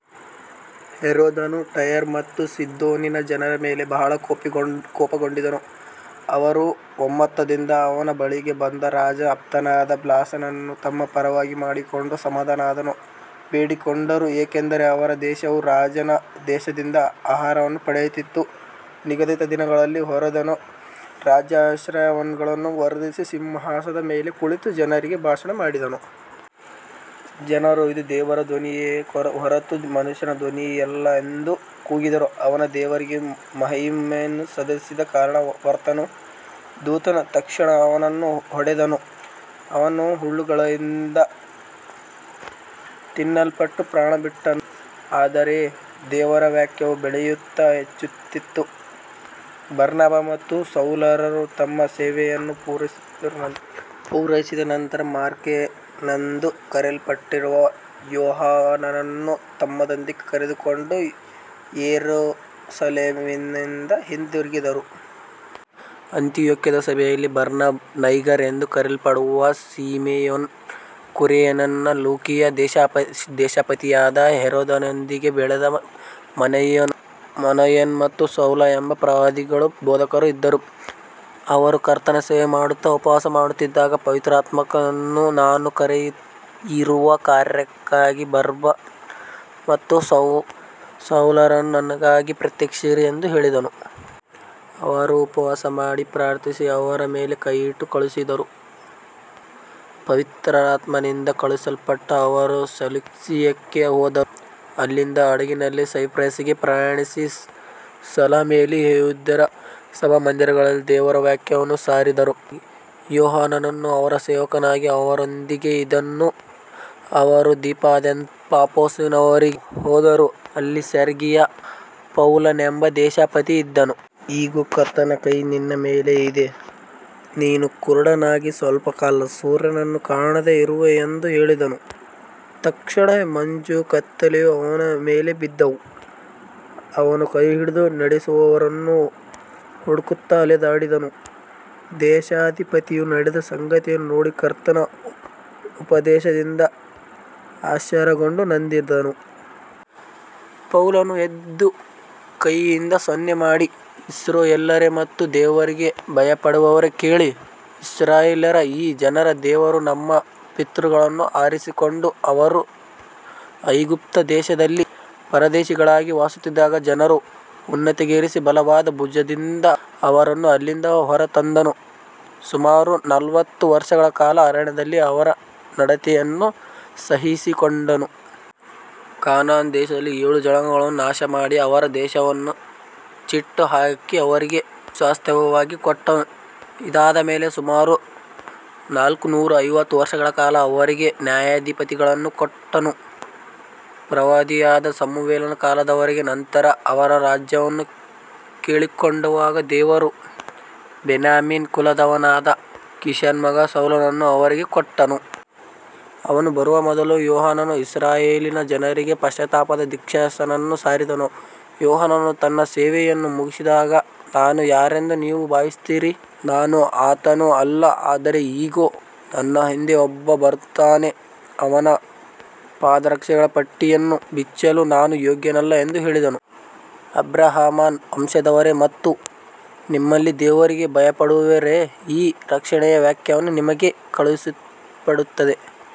ಹೆರೋದನು ಟೈರ್ ಮತ್ತು ಸೀದೋನಿನ ಜನರ ಮೇಲೆ ಬಹಳ ಕೋಪಗೊಂಡಿದ್ದನು. ಅವರು ಒಮ್ಮತದಿಂದ ಅವನ ಬಳಿಗೆ ಬಂದು, ರಾಜನ ಆಪ್ತನಾದ ಬ್ಲಾಸ್ತನನ್ನು ತಮ್ಮ ಪರವಾಗಿ ಮಾಡಿಕೊಂಡು ಸಮಾಧಾನವನ್ನು ಬೇಡಿಕೊಂಡರು, ಏಕೆಂದರೆ ಅವರ ದೇಶವು ರಾಜನ ದೇಶದಿಂದ ಆಹಾರವನ್ನು ಪಡೆಯುತ್ತಿತ್ತು. ನಿಗದಿತ ದಿನದಲ್ಲಿ ಹೆರೋದನು ರಾಜವಸ್ತ್ರಗಳನ್ನು ಧರಿಸಿ ಸಿಂಹಾಸನದ ಮೇಲೆ ಕುಳಿತು ಜನರಿಗೆ ಭಾಷಣ ಮಾಡಿದನು. ಜನರು, ಇದು ದೇವರ ಧ್ವನಿಯೇ ಹೊರತು ಮನುಷ್ಯನ ಧ್ವನಿಯಲ್ಲ ಎಂದು ಕೂಗಿದರು. ಅವನು ದೇವರಿಗೆ ಮಹಿಮೆಯನ್ನು ಸಲ್ಲಿಸದ ಕಾರಣ ಕರ್ತನ ದೂತನು ತಕ್ಷಣ ಅವನನ್ನು ಹೊಡೆದನು. ಅವನು ಹುಳುಗಳಿಂದ ತಿನ್ನಲ್ಪಟ್ಟು ಪ್ರಾಣಬಿಟ್ಟನು. ಆದರೆ ದೇವರ ವಾಕ್ಯವು ಬೆಳೆಯುತ್ತಾ ಹೆಚ್ಚುತ್ತಿತ್ತು. ಬರ್ನಬ ಮತ್ತು ಸೌಲರು ತಮ್ಮ ಸೇವೆಯನ್ನು ಪೂರೈಸಿದ ನಂತರ ಮಾರ್ಕನೆಂದು ಕರೆಯಲ್ಪಡುವ ಯೋಹಾನನನ್ನು ತಮ್ಮೊಂದಿಗೆ ಕರೆದುಕೊಂಡು ಯೆರೂಸಲೇಮಿನಿಂದ ಹಿಂದಿರುಗಿದರು. ಅಂತಿಯೋಕ್ಯದ ಸಭೆಯಲ್ಲಿ ಬರ್ನಬ, ನೈಗರ್ ಎಂದು ಕರೆಯಲ್ಪಡುವ ಸಿಮೆಯೋನ, ಕುರೇನ್ಯನ ಲೂಕಿಯ, ದೇಶಾಧಿಪತಿಯಾದ ಹೆರೋದನೊಂದಿಗೆ ಬೆಳೆದ ಮನಾಯೇನ ಮತ್ತು ಸೌಲ ಎಂಬ ಪ್ರವಾದಿಗಳೂ ಬೋಧಕರೂ ಇದ್ದರು. ಅವರು ಕರ್ತನ ಸೇವೆಮಾಡುತ್ತಾ ಉಪವಾಸ ಮಾಡುತ್ತಿದ್ದಾಗ ಪವಿತ್ರಾತ್ಮನು, ನಾನು ಕರೆಯಿರುವ ಕಾರ್ಯಕ್ಕಾಗಿ ಬರ್ನಬ ಮತ್ತು ಸೌಲರನ್ನು ನನಗಾಗಿ ಪ್ರತ್ಯೇಕಿಸಿರಿ ಎಂದು ಹೇಳಿದನು. ಅವರು ಉಪವಾಸಮಾಡಿ ಪ್ರಾರ್ಥಿಸಿ ಅವರ ಮೇಲೆ ಕೈಯಿಟ್ಟು ಕಳುಹಿಸಿದರು. ಹೀಗೆ ಪವಿತ್ರಾತ್ಮನಿಂದ ಕಳುಹಿಸಲ್ಪಟ್ಟ ಅವರು ಸೆಲ್ಯೂಸಿಯಕ್ಕೆ ಹೋದರು. ಅಲ್ಲಿಂದ ಹಡಗಿನಲ್ಲಿ ಸೈಪ್ರಸಿಗೆ ಪ್ರಯಾಣಿಸಿ ಸಲಾಮಿಯಲ್ಲಿ ಯೆಹೂದ್ಯರ ಸಭಾಮಂದಿರಗಳಲ್ಲಿ ದೇವರ ವಾಕ್ಯವನ್ನು ಸಾರಿದರು. ಯೋಹಾನನು ಅವರ ಸೇವಕನಾಗಿ ಅವರೊಂದಿಗೆ ಇದ್ದನು. ಅವರು ದ್ವೀಪದಾದ್ಯಂತ ಪಾಫೊಸಿನವರೆಗೆ ಹೋದರು. ಅಲ್ಲಿ ಸೆರ್ಗಿಯ ಪೌಲನೆಂಬ ದೇಶಾಧಿಪತಿಯಿದ್ದನು. ಇಗೋ, ಕರ್ತನ ಕೈ ನಿನ್ನ ಮೇಲೆ ಇದೆ. ನೀನು ಕುರುಡನಾಗಿ ಸ್ವಲ್ಪಕಾಲ ಸೂರ್ಯನನ್ನು ಕಾಣದೆ ಇರುವೆ ಎಂದು ಹೇಳಿದನು. ತಕ್ಷಣವೇ ಮಂಜೂ ಕತ್ತಲೆಯೂ ಅವನ ಮೇಲೆ ಬಿದ್ದವು. ಅವನು ಕೈಹಿಡಿದು ನಡೆಸುವವರನ್ನು ಹುಡುಕುತ್ತಾ ಅಲೆದಾಡಿದನು. ದೇಶಾಧಿಪತಿಯು ನಡೆದ ಸಂಗತಿಯನ್ನು ನೋಡಿ ಕರ್ತನ ಉಪದೇಶದಿಂದ ಆಶ್ಚರ್ಯಗೊಂಡು ನಂಬಿದನು. ಪೌಲನು ಎದ್ದು ಕೈಯಿಂದ ಸನ್ನೆಮಾಡಿ, ಇಸ್ರಾಯೇಲ್ಯರೇ ಮತ್ತು ದೇವರಿಗೆ ಭಯಪಡುವವರೇ, ಕೇಳಿರಿ. ಇಸ್ರಾಯೇಲ್ಯರ ಈ ಜನರ ದೇವರು ನಮ್ಮ ಪಿತೃಗಳನ್ನು ಆರಿಸಿಕೊಂಡು, ಅವರು ಐಗುಪ್ತ ದೇಶದಲ್ಲಿ ಪರದೇಶಿಗಳಾಗಿ ವಾಸಿಸುತ್ತಿದ್ದಾಗ ಜನರನ್ನು ಉನ್ನತಿಗೇರಿಸಿ, ಬಲವಾದ ಭುಜದಿಂದ ಅವರನ್ನು ಅಲ್ಲಿಂದ ಹೊರತಂದನು. ಸುಮಾರು ನಲವತ್ತು ವರ್ಷಗಳ ಕಾಲ ಅರಣ್ಯದಲ್ಲಿ ಅವರ ನಡತೆಯನ್ನು ಸಹಿಸಿಕೊಂಡನು. ಕಾನಾನ್ ದೇಶದಲ್ಲಿ ಏಳು ಜನಾಂಗಗಳನ್ನು ನಾಶಮಾಡಿ ಅವರ ದೇಶವನ್ನು ಚೀಟುಹಾಕಿ ಅವರಿಗೆ ಸ್ವಾಸ್ತ್ಯವಾಗಿ ಕೊಟ್ಟನು. ಇದಾದ ಮೇಲೆ ಸುಮಾರು ನಾಲ್ಕುನೂರ ಐವತ್ತು ವರ್ಷಗಳ ಕಾಲ ಅವರಿಗೆ ನ್ಯಾಯಾಧಿಪತಿಗಳನ್ನು ಕೊಟ್ಟನು, ಪ್ರವಾದಿಯಾದ ಸಮುವೇಲನ ಕಾಲದವರೆಗೆ. ನಂತರ ಅವರು ರಾಜನನ್ನು ಕೇಳಿಕೊಂಡಾಗ ದೇವರು ಬೆನ್ಯಾಮೀನ್ ಕುಲದವನಾದ ಕೀಷನ ಮಗ ಸೌಲನನ್ನು ಅವರಿಗೆ ಕೊಟ್ಟನು. ಅವನು ಬರುವ ಮೊದಲು ಯೋಹಾನನು ಇಸ್ರಾಯೇಲಿನ ಎಲ್ಲಾ ಜನರಿಗೆ ಪಶ್ಚಾತ್ತಾಪದ ದೀಕ್ಷಾಸ್ನಾನವನ್ನು ಸಾರಿದನು. ಯೋಹಾನನು ತನ್ನ ಸೇವೆಯನ್ನು ಮುಗಿಸುತ್ತಿದ್ದಾಗ, ನಾನು ಯಾರೆಂದು ನೀವು ಭಾವಿಸುತ್ತೀರಿ? ನಾನು ಆತನು ಅಲ್ಲ. ಆದರೆ ಇಗೋ, ನನ್ನ ಹಿಂದೆ ಒಬ್ಬನು ಬರುತ್ತಾನೆ. ಅವನ ಪಾದರಕ್ಷೆಗಳ ಪಟ್ಟಿಯನ್ನು ಬಿಚ್ಚಲು ನಾನು ಯೋಗ್ಯನಲ್ಲ ಎಂದು ಹೇಳಿದನು. ಅಬ್ರಹಾಮನ ವಂಶದವರೇ ಮತ್ತು ನಿಮ್ಮಲ್ಲಿ ದೇವರಿಗೆ ಭಯಪಡುವವರೇ, ಈ ರಕ್ಷಣೆಯ ವಾಕ್ಯವು ನಿಮಗೆ ಕಳುಹಿಸಲ್ಪಟ್ಟಿದೆ.